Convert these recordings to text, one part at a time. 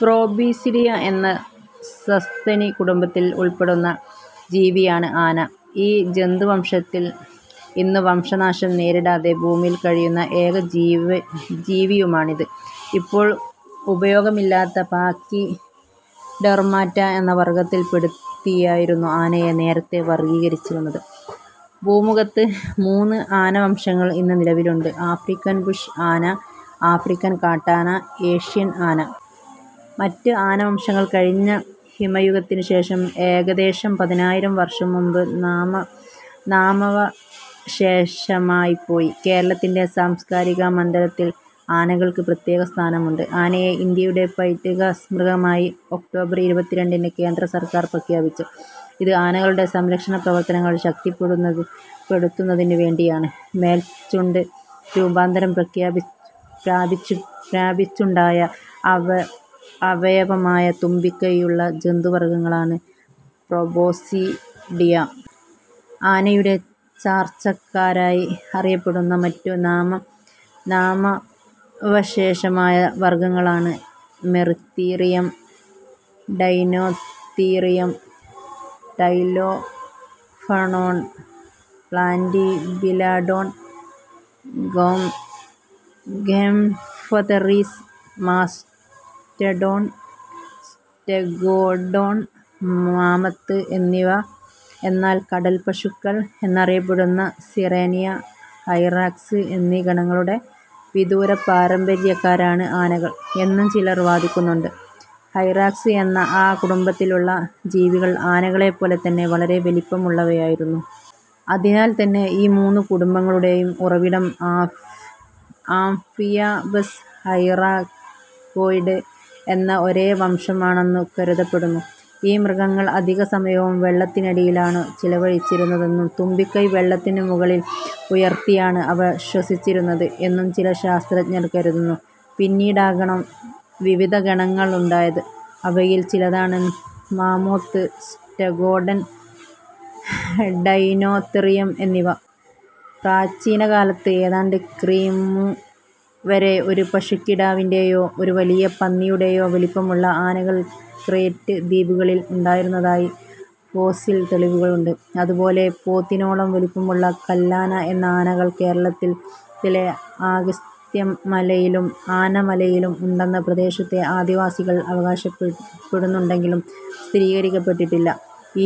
Proboscidea എന്ന സസ്തനികുടുംബത്തിൽ ഉൾപ്പെടുന്ന ജീവിയാണ് ആന. ഈ ജന്തുവംശത്തിൽ ഇന്നു വംശനാശം നേരിടാതെ ഭൂമിയിൽ കഴിയുന്ന ഏക ജീവിയുമാണിത്. ഇപ്പോൾ ഉപയോഗത്തിലില്ലാത്ത പാക്കിഡെർമാറ്റ എന്ന വർഗ്ഗത്തിൽ പെടുത്തിയായിരുന്നു ആനയെ നേരത്തേ വർഗ്ഗീകരിച്ചിരുന്നത്. ഭൂമുഖത്ത് മൂന്ന് ആനവംശങ്ങൾ ഇന്ന് നിലവിലുണ്ട്: ആഫ്രിക്കൻ ബുഷ് ആന, ആഫ്രിക്കൻ കാട്ടാന, ഏഷ്യൻ ആന. മറ്റു ആനവംശങ്ങൾ കഴിഞ്ഞ ഹിമയുഗത്തിനു ശേഷം, എകദേശം പതിനായിരം വർഷം മുൻപ് നാമാവശേഷമായിപ്പോയി. കേരളത്തിന്റെ സാംസ്കാരികമണ്ഡലത്തിൽ ആനകൾക്ക് പ്രത്യേക സ്ഥാനമുണ്ട്. ആനയെ ഇന്ത്യയുടെ പൈതൃക മൃഗമായി ഒക്ടോബർ ഇരുപത്തിരണ്ടിന് കേന്ദ്ര സർക്കാർ പ്രഖ്യാപിച്ചു. ഇത്, ആനകളുടെ സംരക്ഷണ പ്രവർത്തനങ്ങൾ ശക്തിപ്പെടുത്തുന്നതിനുവേണ്ടിയാണ്. മേൽച്ചുണ്ട് രൂപാന്തരം പ്രാപിച്ചുണ്ടായ അവയവമായ തുമ്പിക്കൈ ഉള്ള ജന്തുവർഗ്ഗങ്ങളാണ് പ്രൊബോസിഡിയ. ആനയുടെ ചാർച്ചക്കാരായി അറിയപ്പെടുന്ന മറ്റു നാമാവശേഷമായ വർഗ്ഗങ്ങൾ ആണ് Moeritherium, Deinotherium, Trilophodon, Platybelodon, gomphotheres, mastodon, Stegodon, mammoth എന്നിവ. എന്നാൽ കടൽപ്പശുക്കൾ എന്നറിയപ്പെടുന്ന സിറേനിയ, ഹൈറാക്സ് എന്നീ ഗണങ്ങളുടെ വിദൂരപാരമ്പര്യക്കാരാണ് ആനകൾ എന്നും ചിലർ വാദിക്കുന്നുണ്ട്. ഹൈറാക്സ് എന്ന ആ കുടുംബത്തിലുള്ള ജീവികൾ ആനകളെപ്പോലെത്തന്നെ വളരെ വലിപ്പമുള്ളവയായിരുന്നു. അതിനാൽ തന്നെ ഈ മൂന്നു കുടുംബങ്ങളുടേയും ഉറവിടം ആംഫിബയസ് ഹൈറാകോയ്ഡ് എന്ന ഒരേ വംശം ആണെന്നു കരുതപ്പെടുന്നു. ഈ മൃഗങ്ങൾ അധിക സമയവും വെള്ളത്തിനടിയിലാണു ചിലവഴിച്ചിരുന്നതെന്നും തുമ്പിക്കൈ വെള്ളത്തിനു മുകളിൽ ഉയർത്തിയാണ് അവ ശ്വസിച്ചിരുന്നത് എന്നും ചില ശാസ്ത്രജ്ഞർ കരുതുന്നു. പിന്നീടാകണം വിവിധ ഗണങ്ങളുണ്ടായത്. അവയിൽ ചിലതാണ് മാമോത്ത്, സ്റ്റെഗോഡൻ, ഡൈനോതെറിയം എന്നിവ. പ്രാചീനകാലത്ത്, ഏതാണ്ട് ക്രി. മു. വരെ, ഒരു പശുക്കിടാവിന്റേയോ, ഒരു വലിയ പന്നിയുടേയോ വലിപ്പമുള്ള ആനകൾ ക്രേറ്റ് ദ്വീപുകളിൽ ഉണ്ടായിരുന്നതായി ഫോസിൽ തെളിവുകളുണ്ട്. അതുപോലെ പോത്തിനോളം വലിപ്പമുള്ള കല്ലാന എന്ന ആനകൾ, കേരളത്തിലെ അഗസ്ത്യമലയിലും ആനമലയിലും ഉണ്ടെന്നു പ്രദേശത്തെ ആദിവാസികൾ അവകാശപ്പെടുന്നുണ്ടെങ്കിലും സ്ഥിരീകരിക്കപ്പെട്ടിട്ടില്ല.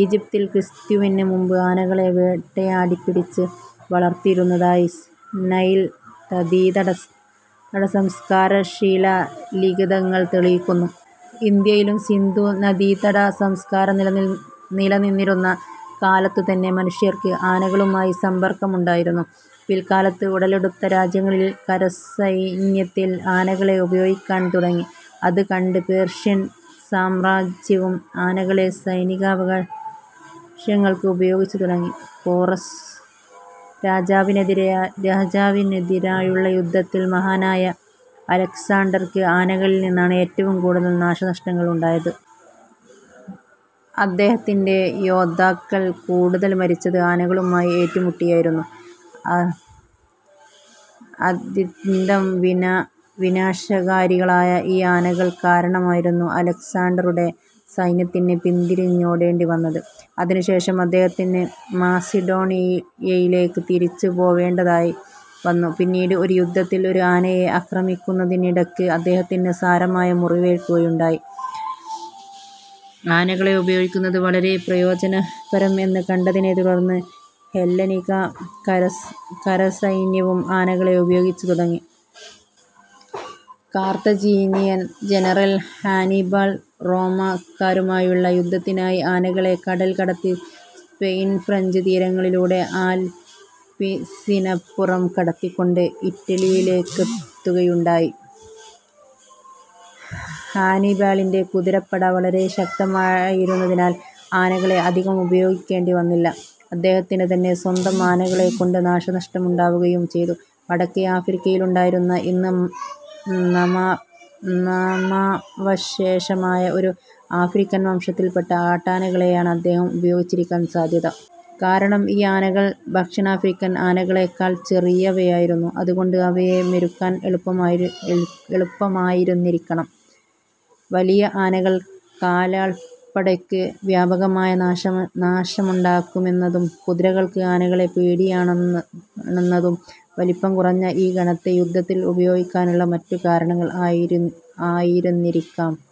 ഈജിപ്തിൽ ക്രിസ്തുവിനു മുമ്പ് ആനകളെ വേട്ടയാടി പിടിച്ച് വളർത്തിയിരുന്നതായി നൈൽ നദീതടസംസ്കാരശിലാ ലിഖിതങ്ങൾ തെളിയിക്കുന്നു. ഇന്ത്യയിലും സിന്ധു നദീതട സംസ്കാരംനിലനിന്നിരുന്ന കാലത്തുതന്നെ മനുഷ്യർക്ക് ആനകളുമായി സമ്പർക്കമുണ്ടായിരുന്നു. പിൽക്കാലത്ത് ഉടലെടുത്ത രാജ്യങ്ങളിൽ കരസൈന്യത്തിൽ ആനകളെ ഉപയോഗിക്കാൻ തുടങ്ങി. അത് കണ്ട്പേർഷ്യൻ സാമ്രാജ്യവും ആനകളെ സൈനികാവശ്യങ്ങൾക്ക് ഉപയോഗിച്ച് തുടങ്ങി. പോറസ്സ് രാജാവിനെതിരായുള്ള യുദ്ധത്തിൽ മഹാനായ അലക്സാണ്ടർക്ക് ആനകളിൽ നിന്നാണ് ഏറ്റവും കൂടുതൽ നാശനഷ്ടങ്ങൾ ഉണ്ടായത്. അദ്ദേഹത്തിന്റെ യോദ്ധാക്കൾ കൂടുതലും മരിച്ചത് ആനകളുമായി ഏറ്റുമുട്ടിയായിരുന്നു. അത്യന്തം വിനാശകാരികളായ ഈ ആനകൾ കാരണമായിരുന്നു അലക്സാണ്ടറുടെ സൈന്യത്തിന്ന് പിന്തിരിഞ്ഞോടേണ്ടിവന്നത്. അതിനുശേഷം അദ്ദേഹത്തിന് മാസിഡോണിയയിലേക്ക് തിരിച്ചു പോവേണ്ടതായി വന്നു. പിന്നീട് ഒരു യുദ്ധത്തിൽ ഒരു ആനയെ ആക്രമിക്കുന്നതിനിടക്ക് അദ്ദേഹത്തിന് സാരമായ മുറിവേൽക്കുകയുമുണ്ടായി. ആനകളെ ഉപയോഗിക്കുന്നത് വളരെ പ്രയോജനപരം എന്ന് കണ്ടതിനെത്തുടർന്ന് ഹെല്ലനിക കരസൈന്യവും ആനകളെ ഉപയോഗിച്ച് തുടങ്ങി. കാർത്തജീനിയൻ ജനറൽ ഹാനിബാൾ റോമാക്കാരുമായുള്ള യുദ്ധത്തിനായി ആനകളെ കടൽ കടത്തി സ്പെയിൻ, ഫ്രഞ്ച് തീരങ്ങളിലൂടെ ആൽപ്പ്സിനപ്പുറം കടത്തിക്കൊണ്ട് ഇറ്റലിയിലേക്കെത്തുകയുണ്ടായി. ഹാനിബാളിന്റെ കുതിരപ്പട വളരെ ശക്തമായിരുന്നതിനാൽ ആനകളെ അധികം ഉപയോഗിക്കേണ്ടി വന്നില്ല. അദ്ദേഹത്തിന് തന്നെ സ്വന്തം ആനകളെകൊണ്ട് നാശനഷ്ടമുണ്ടാവുകയും ചെയ്തു. വടക്കേ ആഫ്രിക്കയിലുണ്ടായിരുന്ന, ഇന്ന് നാമാവശേഷമായ ഒരു ആഫ്രിക്കൻ വംശത്തിൽപ്പെട്ട കാട്ടാനകളെയാണ് അദ്ദേഹം ഉപയോഗിച്ചിരിക്കാൻ സാദ്ധ്യത. കാരണം ഈ ആനകൾ ദക്ഷിണാഫ്രിക്കൻ ആനകളേക്കാൾ ചെറിയവയായിരുന്നു; അതുകൊണ്ട് അവയെ മെരുക്കാൻ എളുപ്പമായിരുന്നിരിക്കണം. വലിയ ആനകൾ കാലാൾപ്പടയ്ക്ക് വ്യാപകമായ നാശമുണ്ടാക്കുമെന്നതും കുതിരകൾക്ക് ആനകളെ പേടിയാണെന്നതും വലിപ്പം കുറഞ്ഞ ഈ ഗണത്തെ യുദ്ധത്തിൽ ഉപയോഗിക്കാനുള്ള മറ്റു കാരണങ്ങൾ ആയിരുന്നിരിക്കാം.